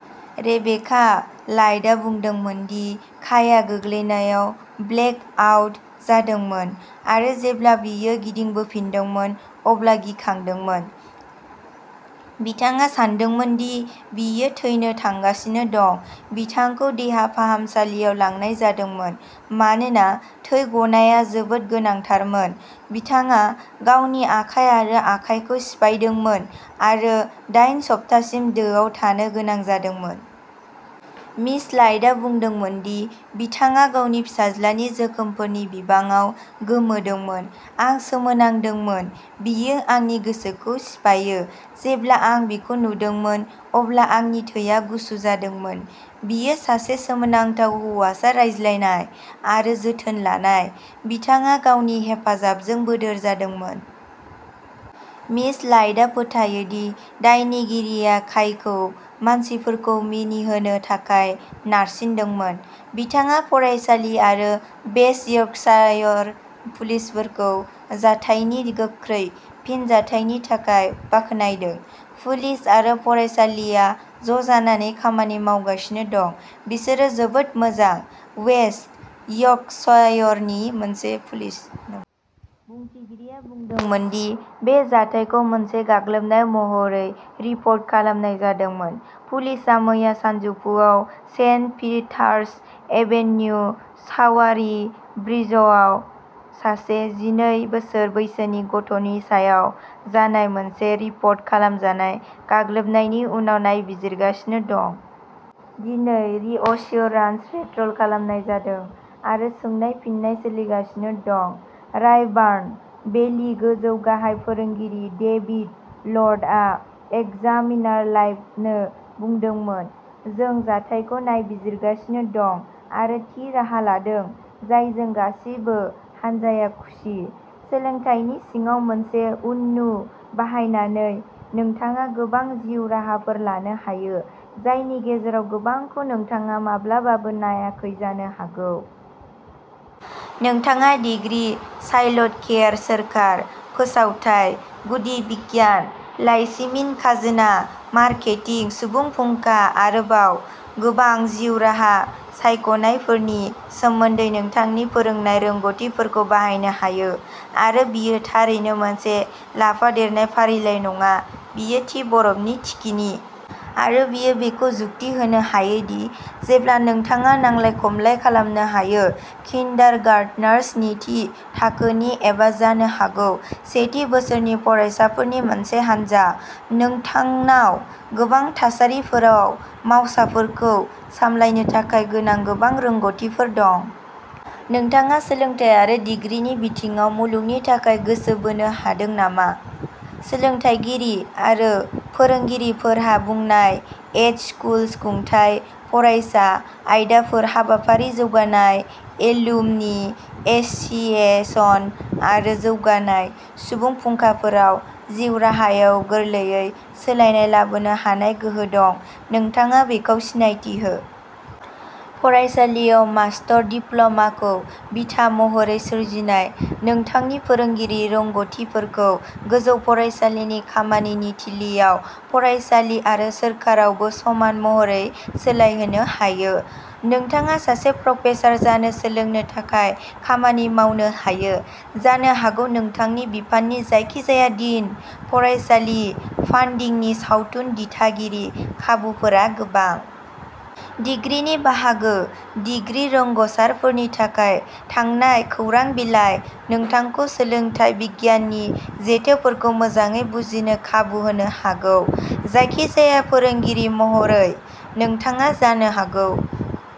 Rebecca लायडआ बुंदोंमोन दि काइआ गोग्लैनायाव ब्लेक आउट जादोंमोन आरो जेब्ला बियो गिदिंबोफिनदोंमोन अब्ला गिखांदोंमोन। बिथाङा सानदोंमोन दि बियो थैनो थांगासिनो दं। बिथांखौ देहा फाहामसालियाव लांनाय जादोंमोन मानोना थै गनाया जोबोद गोनांथारमोन। बिथाङा गावनि आखाइ आरो आखाइखौ सिफायदोंमोन आरो दाइन सप्तासिम दोआव थानो गोनां जागोन। मिस लायडआ बुंदोंमोन दि बिथाङा गावनि फिसाज्लानि जोखोमफोरनि बिबाङाव गोमोदोंमोन। आं सोमोनांदोंमोन। बेयो आंनि गोसोखौ सिफायो। जेब्ला आं बिखौ नुदोंमोन अब्ला आंनि थैया गुसु जादोंमोन। बियो सासे सोमोनांथाव हौवासा-रायज्लायनाय आरो जोथोन लानाय। बिथाङा गावनि हेफाजाबजों बोदोर जादोंमोन। मिस लायडआ फोथायो दि दायनिगिरिया काइखौ मानसिफोरखौ मिनिहोनो थाखाय नारसिन्दोंमोन। बिथाङा फरायसालि आरो वेस्ट यर्कशायर पुलिसखौ जाथायनि गोख्रै फिनजाथायनि थाखाय बाख्नायदों। पुलिस आरो फरायसालिआ ज'जानानै खामानि मावगासिनो दं। बिसोरो जोबोद मोजां। वेस्ट यर्कशायरनि मोनसे पुलिस। बुंथिगिरिआ बुंदोंमोन दि बे जाथायखौ मोनसे गाग्लोबनाय महरै रिपर्ट खालामनाय जादोंमोन। पुलिसआ मैया सानजौफुआव सेन्ट पिटार्स एभेन्यु, सावारबी ब्रिजआव सासे जिनै बोसोर बैसोनि गथ'नि सायाव जानाय मोनसे रिपर्ट खालामजानाय गाग्लोबनायनि उनाव नायबिजिरगासिनो दं। दिनै रिअस्युरान्स पेट्रल खालामनाय जादों आरो सोंनाय-फिननाय सोलिगासिनो दं। "रायबार्न भेलि गोजौ गाहाय फोरोंगिरि डेभिड लर्डआ एक्जामिनारलाइभनो बुंदोंमोन। जों जाथायखौ नायबिजिरगासिनो दं आरो थि राहा लादों जायजों गासैबो हानजाया खुसि। सोलोंथायनि सिङाव मोनसे उननु बाहायनानै नोंथाङा गोबां जिउ राहाफोर लानो हायो, जायनि गेजेराव गोबांखौ नोंथाङा माब्लाबाबो नायाखै जानो हागौ। नोंथाङा डिग्री, चाइल्डकेयार सोरखार, फोसावथाइ, गुदि बिगियान, लाइसिमिन, खाजोना, मार्केटिं, सुबुं फुंखा आरो आरोबाव गोबांआव जिउ राहा सायख'नायफोरनि सोमोन्दै नोंथांनि फोरोंनाय रोंग'थिफोरखौ बाहायनो हायो। आरो बेयो थारैनो मोनसे लाफादेरनाय फारिलाइ नङा, बेयो थि बरफनि थिखिनि। आरो बेयो बेखौ जुक्ति होनो हायो दि जेब्ला नोंथाङा नांलाय-खमलाय खालामनो हायो। किन्डारगार्टनार्स, स्निथि थाखोनि एबा जानो हागौ सेथि बोसोरनि फरायसाफोरनि मोनसे हानजा, नोंथांनाव गोबां थासारिफोराव मावसाफोरखौ सामलायनो थाखाय गोनां गोबां रोंग'थिफोर दं। नोंथाङा सोलोंथाइ आरो डिग्रीनि बिथिङाव मुलुगनि थाखाय गोसो बोनो हादों नामा? सोलोंथायगिरिफोर आरो फोरोंगिरिफोरहा बांनाय एड-स्कुल खुंथाय, फरायसा आयदाफोर, हाबाफारि जौगानाय, एलुमनि एस'सिएशन आरो जौगानाय, सुबुं फुंखाफोराव जिउ राहायाव गोरलैयै सोलायनाय लाबोनो हानाय गोहो दं, नोंथाङा बेखौ सिनायथि होयो। फरायसालियाव मास्टर डिप्ल'माखौ बिथा महरै सोरजिनाय, नोंथांनि फोरोंगिरि रोंग'थिफोरखौ गोजौ फरायसालिनि खामानि थिलिआव, फरायसालि आरो सोरखारावबो समान महरै सोलायहोनो हायो। नोंथाङा सासे प्रफेसार जानो सोलोंनो थाखाय खामानि मावनो हायो, जानो हागौ नोंथांनि बिफाननि जायखिजाया डीन, फरायसालि फान्डिंनि सावथुन दिथागिरि, खाबुफोरा गोबां। डिग्रीनि बाहागो, डिग्री रोंग'सारफोरनि थाखाय थांनाय खौरां बिलाइ, नोंथांखौ सोलोंथाइ बिगियाननि जेथोफोरखौ मोजाङै बुजिनो खाबु होनो हागौ। जायखिजाया फोरोंगिरि महरै, नोंथाङा जानो हागौ।